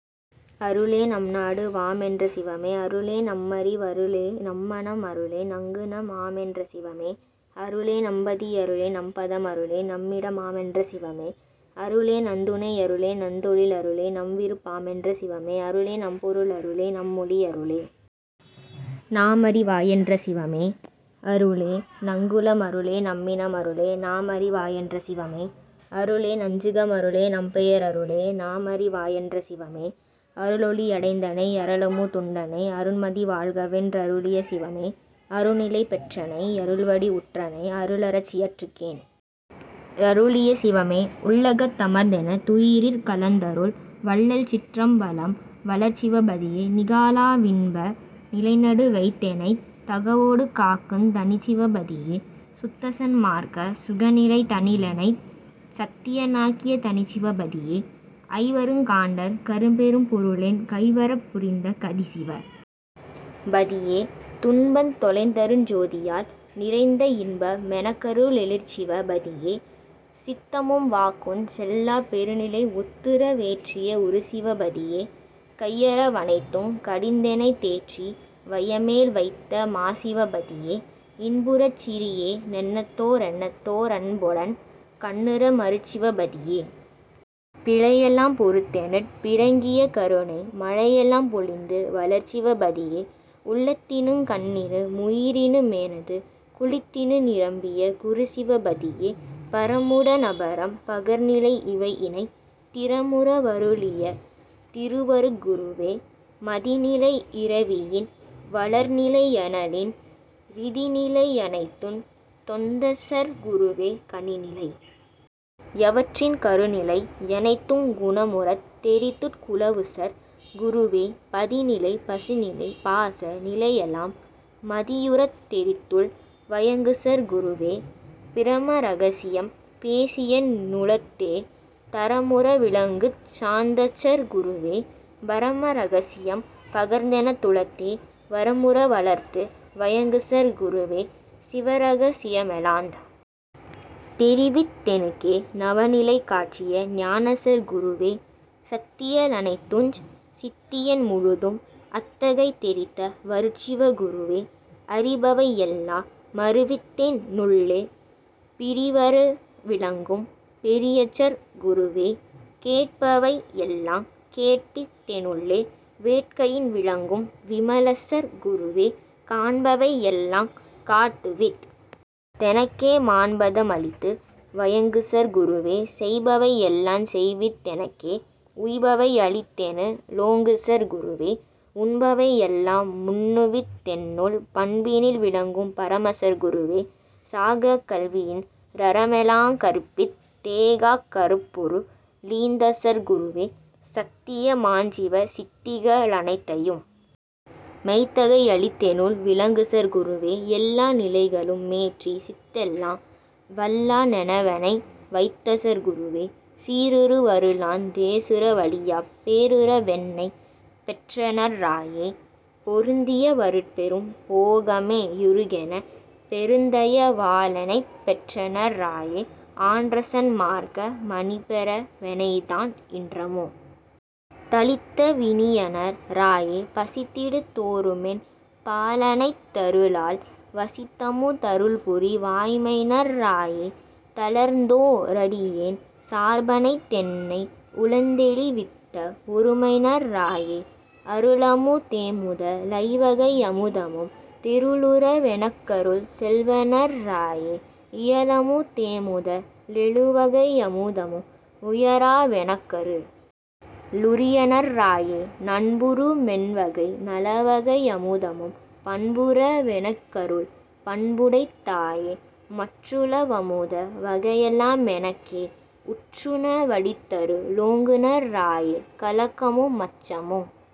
அருளே நம்நடு வாமென் றசிவமே அருளே நம்மறி வருளே நம்மனம் அருளே நங்குண மாமென் றசிவமே அருளே நம்பதி யருளே நம்பதம் அருளே நம்மிட மாமென் றசிவமே அருளே நந்துணை யருளே நந்தொழில் அருளே நம்விருப் பாமென் றசிவமே அருளே நம்பொரு ளருளே நம்மொளி அருளே நாமறி வாயென் றசிவமே அருளே நங்குல மருளே நம்மினம் அருளே நாமறி வாயென் றசிவமே அருளே நஞ்சுக மருளே நம்பெயர் அருளே நாமறி வாயென் றசிவமே அருளொளி யடைந்தனை யருளமு துண்டனை அருண்மதி வாழ்கவென் றருளிய சிவமே அருணிலை பெற்றனை யருள்வடி வுற்றனை அருளர சியற்றுகென் றருளிய சிவமே உள்ளகத் தமர்ந்தென துயிரிற் கலந்தருள் வள்ளல்சிற் றம்பலம் வளர்சிவ பதியே நிகாலா வின்ப நிலைநடு வைத்தெனைத் தகவொடு காக்குந் தனிச்சிவ பதியே சுத்தசன் மார்க்க சுகநிலை தனிலெனைத் சத்திய னாக்கிய தனிச்சிவ பதியே ஐவருங் காண்டற் கரும்பெரும் பொருளென் கைவரப் புரிந்த கதிசிவ பதியே துன்பந் தொலைத்தருட் ஜோதியால் நிறைந்த இன்ப மெனக்கரு ளெழிற்சிவ பதியே சித்தமும் வாக்குஞ் செல்லாப் பெருநிலை ஒத்துற வேற்றிய வொருசிவ பதியே கையற வனைத்துங் கடிந்தெனைத் தேற்றி வையமேல் வைத்த மாசிவ பதியே இன்புறச் சிறியே னெண்ணுதோ றெண்ணுதோ றன்பொடன் கண்ணுறு மருட்சிவ பதியே பிழையெலாம் பொறுத்தெனுட் பிறங்கிய கருணை மழையெலாம் பொழிந்து வளர்சிவ பதியே உளத்தினுங் கண்ணினு முயிரினு மெனது குளத்தினு நிரம்பிய குருசிவ பதியே பரமுட னபரம் பகர்நிலை யிவையினத் திரமுற வருளிய திருவருட் குருவே மதிநிலை யிரவியின் வளர்நிலை யனலின் றிதிநிலை யனைத்துந் தொந்தசற் குருவே கணநிலை யவற்றின் கருநிலை யனைத்துங் குணமுறத் தெரித்துட் குலவுசற் குருவே பதிநிலை பசுநிலை பாச நிலையெலாம் மதியுறத் தெரித்துள் வயங்குசற் குருவே பிரம ரகசியம் பேசியென் னுளத்தே தரமுற விளங்குஞ் சாந்தசற் குருவே பரம ரகசியம் பகர்ந்தென துளத்தே வரமுற வளர்த்து வயங்குசற் குருவே சிவரக சியமெலாந் தெரிவித் தெனக்கே நவநிலை காட்டிய ஞானசற் குருவே சத்திய லனைத்துஞ் சித்தியன் முழுதும் அத்தகை தெரித்த வருட்சிவ குருவே அறிபவை யெல்லா மறிவித்தென் னுள்ளே பிறிவற விளங்கும் பெரியசற் குருவே கேட்பவை யெல்லாங் கேட்பித் தெனுள்ளே வேட்கையின் விளங்கும் விமலசற் குருவே காண்பவை யெல்லாங் காட்டுவித் தெனக்கே மாண்பத மளித்து வயங்குசற் குருவே செய்பவை யெல்லாஞ் செய்வித் தெனக்கே உய்பவை யளித்தெனு ளோங்குசற் குருவே உண்பவை யெல்லா முண்ணுவித் தென்னுள் பண்பினில் விளங்கும் பரமசற் குருவே சாகாக் கல்வியின் றரமெலாங் கற்பித் தேகாக் கரப்பொரு ளீந்தசற் குருவே சத்திய மாஞ்சிவ சித்திக ளனைத்தையும் மெய்த்தகை யளித்தெனுள் விளங்குசற் குருவே எல்லா நிலைகளு மேற்றிச் சித்தெலாம் வல்லா னெனவெனை வைத்தசற் குருவே சீருற வருளாந் தேசுற வழியாப் பேருற வென்னைப் பெற்றநற் றாயே பொருந்திய வருட்பெரும் போகமே யுறுகெனப் பெருந்தய வாலெனைப் பெற்றநற் றாயே ஆன்றசன் மார்க்க மணிபெற வெனைத்தான் இன்றமு தளித்த வினியநற் றாயே பசித்திடு தோறுமென் பாலணைந் தருளால் வசித்தமு தருள்புரி வாய்மைந்ற் றாயே தளர்ந்தோ றடியேன் சார்பணைந் தென்னை உளந்தெளி வித்த வொருமைநற் றாயே அருளமு தேமுத லைவகை யமுதமும் தெருளுற வெனக்கருள் செல்வநற் றாயே இயலமு தேமுத லெழுவகை யமுதமும் உயாற வெனக்கரு ளுரியநற் றாயே நண்புறு மெண்வகை நவவகை யமுதமும் பண்புற வெனக்கருள் பண்புடைத் தாயே மற்றுள வமுத வகையெலா மெனக்கே உற்றுண வளித்தரு ளோங்குநற் றாயே கலக்கமு மச்சமுங்